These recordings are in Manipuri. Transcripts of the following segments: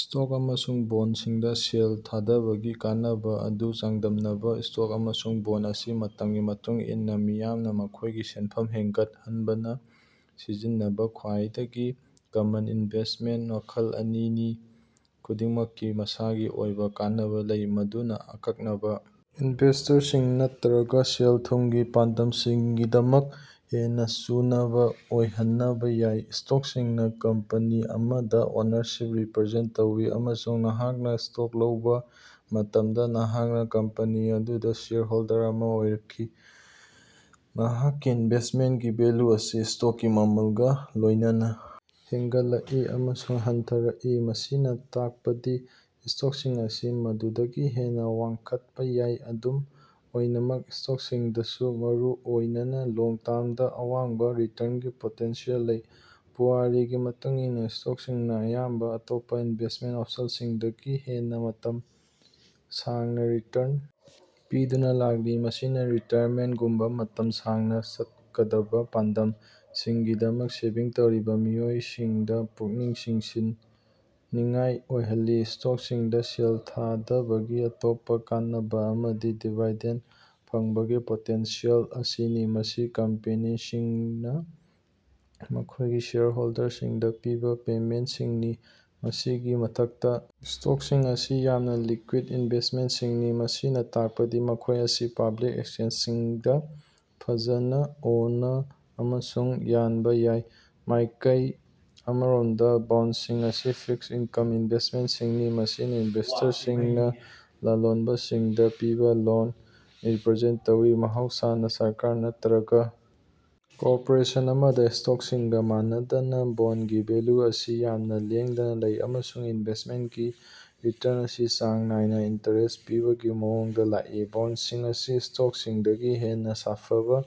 ꯁ꯭ꯇꯣꯛ ꯑꯃꯁꯨꯡ ꯕꯣꯟꯗꯁꯤꯡꯗꯥ ꯁꯦꯜ ꯊꯥꯗꯕꯒꯤ ꯀꯥꯟꯅꯕꯥ ꯑꯗꯨ ꯆꯥꯡꯗꯝꯅꯕꯥ꯫ ꯁ꯭ꯇꯣꯛ ꯑꯃꯁꯨꯡ ꯕꯣꯟꯗ ꯑꯁꯤ ꯃꯇꯝꯒꯤ ꯃꯇꯨꯡ ꯏꯟꯅꯥ ꯃꯤꯌꯥꯝꯅꯥ ꯃꯈꯣꯏꯒꯤ ꯁꯦꯟꯐꯝ ꯍꯦꯟꯒꯠꯍꯟꯅꯕꯥ ꯁꯤꯖꯤꯟꯅꯕꯥ ꯈ꯭ꯋꯥꯏꯗꯒꯤ ꯀꯃꯟ ꯑꯣꯏꯕꯥ ꯏꯟꯚꯦꯁ꯭ꯇꯃꯦꯟꯇ ꯃꯈꯜ ꯑꯅꯤꯅꯤ꯫ ꯈꯨꯗꯤꯡꯃꯛꯀꯤ ꯃꯁꯥꯒꯤ ꯑꯣꯏꯕꯥ ꯀꯥꯟꯅꯕꯥ ꯂꯩ ꯃꯗꯨꯅꯥ ꯑꯀꯛꯅꯕꯥ ꯏꯟꯚꯦꯁ꯭ꯇꯔꯁꯤꯡ ꯅꯠꯇꯔꯒꯥ ꯁꯦꯜ-ꯊꯨꯝꯒꯤ ꯄꯥꯟꯗꯝꯁꯤꯡꯒꯤꯗꯃꯛꯇꯥ ꯍꯦꯟꯅꯥ ꯆꯨꯅꯕꯥ ꯑꯣꯏꯍꯟꯅꯕꯥ ꯌꯥꯏ꯫ ꯁ꯭ꯇꯣꯛꯁꯤꯡꯅꯥ ꯀꯝꯄꯦꯅꯤ ꯑꯃꯗꯥ ꯑꯣꯅꯔꯁꯤꯞ ꯔꯤꯄ꯭ꯔꯥꯖꯦꯟꯇ ꯇꯧꯏ, ꯑꯃꯁꯨꯡ ꯅꯍꯥꯛꯅꯥ ꯁ꯭ꯇꯣꯛ ꯂꯧꯕꯥ ꯃꯇꯝꯗꯥ ꯅꯍꯥꯛꯅꯥ ꯀꯝꯄꯦꯅꯤ ꯑꯗꯨꯗꯥ ꯁꯦꯌꯔ ꯍꯣꯜꯗꯔ ꯑꯃꯥ ꯑꯣꯏꯔꯛꯏ꯫ ꯅꯍꯥꯛꯀꯤ ꯏꯟꯚꯦꯁ꯭ꯇꯃꯦꯟꯇꯀꯤ ꯚꯦꯜꯌꯨ ꯑꯁꯤ ꯁ꯭ꯇꯣꯛꯀꯤ ꯃꯃꯜꯒꯥ ꯂꯣꯏꯅꯅꯥ ꯍꯦꯟꯒꯠꯂꯛꯏ ꯑꯃꯁꯨꯡ ꯍꯟꯊꯔꯛꯏ, ꯃꯁꯤꯅꯥ ꯇꯥꯛꯄꯗꯤ ꯁ꯭ꯇꯣꯛꯁꯤꯡ ꯑꯁꯤ ꯃꯗꯨꯗꯒꯤ ꯍꯦꯟꯅꯥ ꯋꯥꯡꯈꯠꯄꯥ ꯌꯥꯏ꯫ ꯑꯗꯨꯝ ꯑꯣꯏꯅꯃꯛ, ꯁ꯭ꯇꯣꯛꯁꯤꯡꯗꯁꯨ ꯃꯔꯨꯑꯣꯏꯅꯥ ꯂꯣꯡ ꯇꯔꯝꯗꯥ ꯑꯋꯥꯡꯕꯥ ꯔꯤꯇꯔꯟꯀꯤ ꯄꯣꯇꯦꯟꯁꯤꯌꯦꯜ ꯂꯩ꯫ ꯄꯨꯋꯥꯔꯤꯒꯤ ꯃꯇꯨꯡ ꯏꯟꯅꯥ, ꯁ꯭ꯇꯣꯛꯁꯤꯡꯅꯥ ꯑꯌꯥꯝꯕꯥ ꯑꯇꯣꯞꯄꯥ ꯏꯟꯚꯦꯁ꯭ꯇꯃꯦꯟꯇ ꯑꯣꯄꯁꯟꯁꯤꯡꯗꯒꯤ ꯍꯦꯟꯅꯥ ꯃꯇꯝ ꯁꯥꯡꯅꯥ ꯔꯤꯇꯔꯟ ꯄꯤꯗꯨꯅꯥ ꯂꯥꯛꯂꯤ, ꯃꯁꯤꯅꯥ ꯔꯤꯇꯥꯌꯔꯃꯦꯟ꯭ꯇꯒꯨꯝꯕꯥ ꯃꯇꯝ ꯁꯥꯡꯅꯥ ꯆꯠꯀꯗꯕꯥ ꯄꯥꯟꯗꯝꯁꯤꯡꯒꯤꯗꯃꯛꯇꯥ ꯁꯦꯚꯤꯡ ꯇꯧꯔꯤꯕꯥ ꯃꯤꯑꯣꯏꯁꯤꯡꯗꯥ ꯄꯨꯛꯅꯤꯡ ꯆꯤꯡꯁꯤꯟꯅꯤꯡꯉꯥꯏ ꯑꯣꯏꯍꯜꯂꯤ꯫ ꯁ꯭ꯇꯣꯛꯁꯤꯡꯗꯥ ꯁꯦꯜ ꯊꯥꯗꯕꯒꯤ ꯑꯇꯣꯞꯄꯥ ꯀꯥꯟꯅꯕꯥ ꯑꯃꯗꯤ ꯗꯤꯕꯤꯗꯦꯟꯗ ꯐꯪꯕꯒꯤ ꯄꯣꯇꯦꯟꯁꯤꯌꯦꯜ ꯑꯁꯤꯅꯤ, ꯃꯁꯤ ꯀꯝꯄꯦꯅꯤꯁꯤꯡꯅꯥ ꯃꯈꯣꯏꯒꯤ ꯁꯦꯌꯔ ꯍꯣꯜꯗꯔꯁꯤꯡꯗꯥ ꯄꯤꯕꯥ ꯄꯦꯃꯦꯟꯇꯁꯤꯡꯅꯤ꯫ ꯃꯁꯤꯒꯤ ꯃꯊꯛꯇꯥ, ꯁ꯭ꯇꯣꯛꯁꯤꯡ ꯑꯁꯤ ꯌꯥꯝꯅꯥ ꯂꯤꯛꯀ꯭ꯌꯨꯗ ꯏꯟꯚꯦꯁ꯭ꯇꯃꯦꯟꯇꯁꯤꯡꯅꯤ, ꯃꯁꯤꯅꯥ ꯇꯥꯛꯄꯗꯤ ꯃꯈꯣꯏ ꯑꯁꯤ ꯄꯕ꯭ꯂꯤꯛ ꯑꯦꯛꯆꯦꯟꯖꯁꯤꯡꯗꯥ ꯐꯖꯅꯥ ꯑꯣꯅꯕꯥ ꯑꯃꯁꯨꯡ ꯌꯟꯕꯥ ꯌꯥꯏ꯫ ꯃꯥꯏꯀꯩ ꯑꯃꯔꯣꯝꯗꯥ, ꯕꯣꯟꯗꯁꯤꯡ ꯑꯁꯤ ꯐꯤꯛꯁ ꯏꯅꯀꯝ ꯏꯟꯚꯦꯁ꯭ꯇꯃꯦꯟꯇꯁꯤꯡꯅꯤ, ꯃꯁꯤꯅꯥ ꯏꯟꯚꯦꯁ꯭ꯇꯔꯁꯤꯡꯅꯥ ꯂꯂꯣꯟꯕꯁꯤꯡꯗꯥ ꯄꯤꯕꯥ ꯂꯣꯟꯁꯤꯡ ꯔꯤꯞꯔꯖꯦꯟꯇ ꯇꯧꯏ, ꯃꯍꯧꯁꯥꯅꯥ ꯁꯔꯀꯥꯔ ꯅꯠꯇꯔꯒꯥ ꯀꯣꯔꯄꯣꯔꯦꯁꯟ ꯑꯃꯗꯥ꯫ ꯁ꯭ꯇꯣꯛꯁꯤꯡꯒꯥ ꯃꯥꯟꯅꯗꯅꯥ, ꯕꯣꯟꯗꯒꯤ ꯚꯦꯜꯌꯨ ꯑꯁꯤ ꯌꯥꯝꯅꯥ ꯂꯦꯡꯗꯅꯥ ꯂꯩ, ꯑꯃꯁꯨꯡ ꯏꯟꯚꯦꯁ꯭ꯇꯃꯦꯟꯇꯀꯤ ꯔꯤꯇꯔꯟ ꯑꯁꯤ ꯆꯥꯡ ꯅꯥꯏꯅꯥ ꯏꯟꯇꯔꯦꯁ ꯄꯤꯕꯒꯤ ꯃꯑꯣꯡꯗꯥ ꯂꯥꯛꯏ꯫ ꯕꯣꯟꯗꯁꯤꯡ ꯑꯁꯤ ꯁ꯭ꯇꯣꯛꯁꯤꯡꯗꯒꯤ ꯍꯦꯟꯅꯥ ꯁꯥꯐꯕꯥ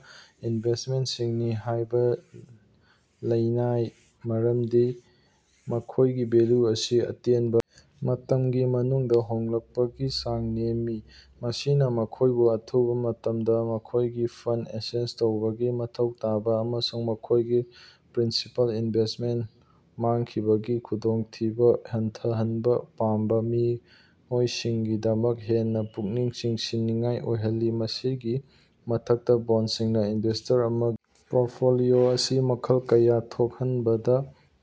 ꯏꯟꯚꯦꯁ꯭ꯇꯃꯦꯟꯇꯁꯤꯡꯅꯤ ꯍꯥꯏꯅꯥ ꯂꯧꯅꯩ ꯃꯔꯝꯗꯤ ꯃꯈꯣꯏꯒꯤ ꯚꯦꯜꯌꯨ ꯑꯁꯤ ꯑꯇꯦꯟꯕꯥ ꯃꯇꯝꯒꯤ ꯃꯅꯨꯡꯗꯥ ꯍꯣꯡꯂꯛꯄꯒꯤ ꯆꯥꯡ ꯅꯦꯝꯃꯤ꯫ ꯃꯁꯤꯅꯥ ꯃꯈꯣꯏꯕꯨ ꯑꯊꯨꯕꯥ ꯃꯇꯝꯗꯥ ꯃꯈꯣꯏꯒꯤ ꯐꯟꯗꯁꯤꯡ ꯑꯦꯛꯁꯦꯁ ꯇꯧꯕꯥ ꯃꯊꯧ ꯇꯥꯕꯥ ꯑꯃꯁꯨꯡ ꯃꯈꯣꯏꯒꯤ ꯄ꯭ꯔꯤꯟꯁꯤꯄꯥꯜ ꯏꯟꯚꯦꯁ꯭ꯇꯃꯦꯟꯇ ꯃꯥꯡꯈꯤꯕꯒꯤ ꯈꯨꯗꯣꯡꯊꯤꯕꯥ ꯍꯟꯊꯍꯟꯕꯥ ꯄꯥꯝꯕꯥ ꯃꯤꯑꯣꯏꯁꯤꯡꯒꯤꯗꯃꯛ ꯍꯦꯟꯅꯥ ꯄꯨꯛꯅꯤꯡ ꯆꯤꯡꯁꯤꯟꯅꯤꯡꯉꯥꯏ ꯑꯣꯏꯍꯜꯂꯤ꯫ ꯃꯁꯤꯒꯤ ꯃꯊꯛꯇꯥ, ꯕꯣꯟꯗꯁꯤꯡꯅꯥ ꯏꯟꯚꯦꯁ꯭ꯇꯔ ꯑꯃꯒꯤ ꯄꯣꯔꯇꯐꯣꯂꯤꯑꯣ ꯑꯁꯤ ꯃꯈꯜ ꯀꯌꯥ ꯊꯣꯛꯍꯟꯕꯗꯥ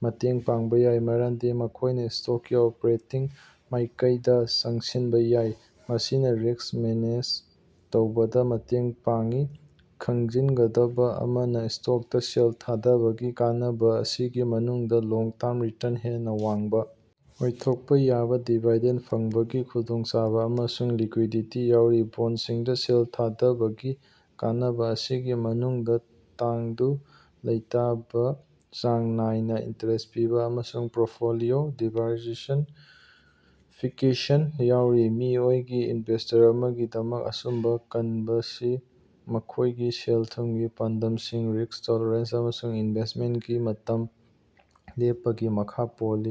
ꯃꯇꯦꯡ ꯄꯥꯡꯕꯥ ꯌꯥꯏ, ꯃꯔꯝꯗꯤ ꯃꯈꯣꯏꯅꯥ ꯁ꯭ꯇꯣꯛꯁꯤꯡꯒꯤ ꯑꯣꯄꯔꯦꯇꯤꯡ ꯃꯥꯏꯀꯩꯗꯥ ꯆꯪꯁꯤꯟꯕꯥ ꯌꯥꯏ, ꯃꯁꯤꯅꯥ ꯔꯤꯁ꯭ꯛ ꯃꯦꯅꯦꯖ ꯇꯧꯕꯗꯥ ꯃꯇꯦꯡ ꯄꯥꯡꯏ꯫ ꯈꯪꯖꯤꯒꯗꯕꯥ ꯑꯃꯅꯥ, ꯁ꯭ꯇꯣꯛꯁꯤꯡꯗꯥ ꯁꯦꯜ ꯊꯥꯗꯕꯒꯤ ꯀꯥꯟꯅꯕꯥ ꯑꯁꯤꯒꯤ ꯃꯅꯨꯡꯗꯥ ꯂꯣꯡ-ꯇꯔꯝ ꯔꯤꯇꯔꯟ ꯍꯦꯟꯅꯥ ꯋꯥꯡꯕꯥ ꯑꯣꯏꯊꯣꯛꯄꯥ ꯌꯥꯕꯥ, ꯗꯤꯕꯤꯗꯦꯟꯗ ꯐꯪꯕꯒꯤ ꯈꯨꯗꯣꯡꯆꯥꯕꯥ, ꯑꯃꯁꯨꯡ ꯂꯤꯛꯀ꯭ꯌꯨꯗꯤꯇꯤ ꯌꯥꯎꯔꯤ꯫ ꯕꯣꯟꯗꯁꯤꯡꯗꯥ ꯁꯦꯜ ꯊꯥꯗꯕꯒꯤ ꯀꯥꯟꯅꯕꯥ ꯑꯁꯤꯒꯤ ꯃꯅꯨꯡꯗꯥ ꯇꯪꯗꯨ ꯂꯩꯇꯥꯕꯥ, ꯆꯥꯡ ꯅꯥꯏꯅꯥ ꯏꯟꯇꯔꯦꯁ ꯄꯤꯕꯥ, ꯑꯃꯁꯨꯡ ꯄꯣꯔꯇꯐꯣꯂꯤꯑꯣ ꯗꯥꯏꯕꯔꯁꯤꯐꯤꯀꯦꯁꯟ ꯌꯥꯎꯔꯤ꯫ ꯃꯤꯑꯣꯏ ꯑꯃꯒꯤ ꯏꯟꯚꯦꯁ꯭ꯇꯔ ꯑꯃꯒꯤꯗꯃꯛ ꯑꯆꯨꯝꯕꯥ ꯈꯟꯕꯁꯤ ꯃꯈꯣꯏꯒꯤ ꯁꯦꯜ-ꯊꯨꯝꯒꯤ ꯄꯥꯟꯗꯝꯁꯤꯡ, ꯔꯤꯁ꯭ꯛ ꯇꯣꯂꯔꯦꯟꯁ, ꯑꯃꯁꯨꯡ ꯏꯟꯚꯦꯁ꯭ꯇꯃꯦꯟꯇꯀꯤ ꯃꯇꯝ ꯂꯦꯞꯄꯒꯤ ꯃꯈꯥ ꯄꯣꯜꯂꯤ꯫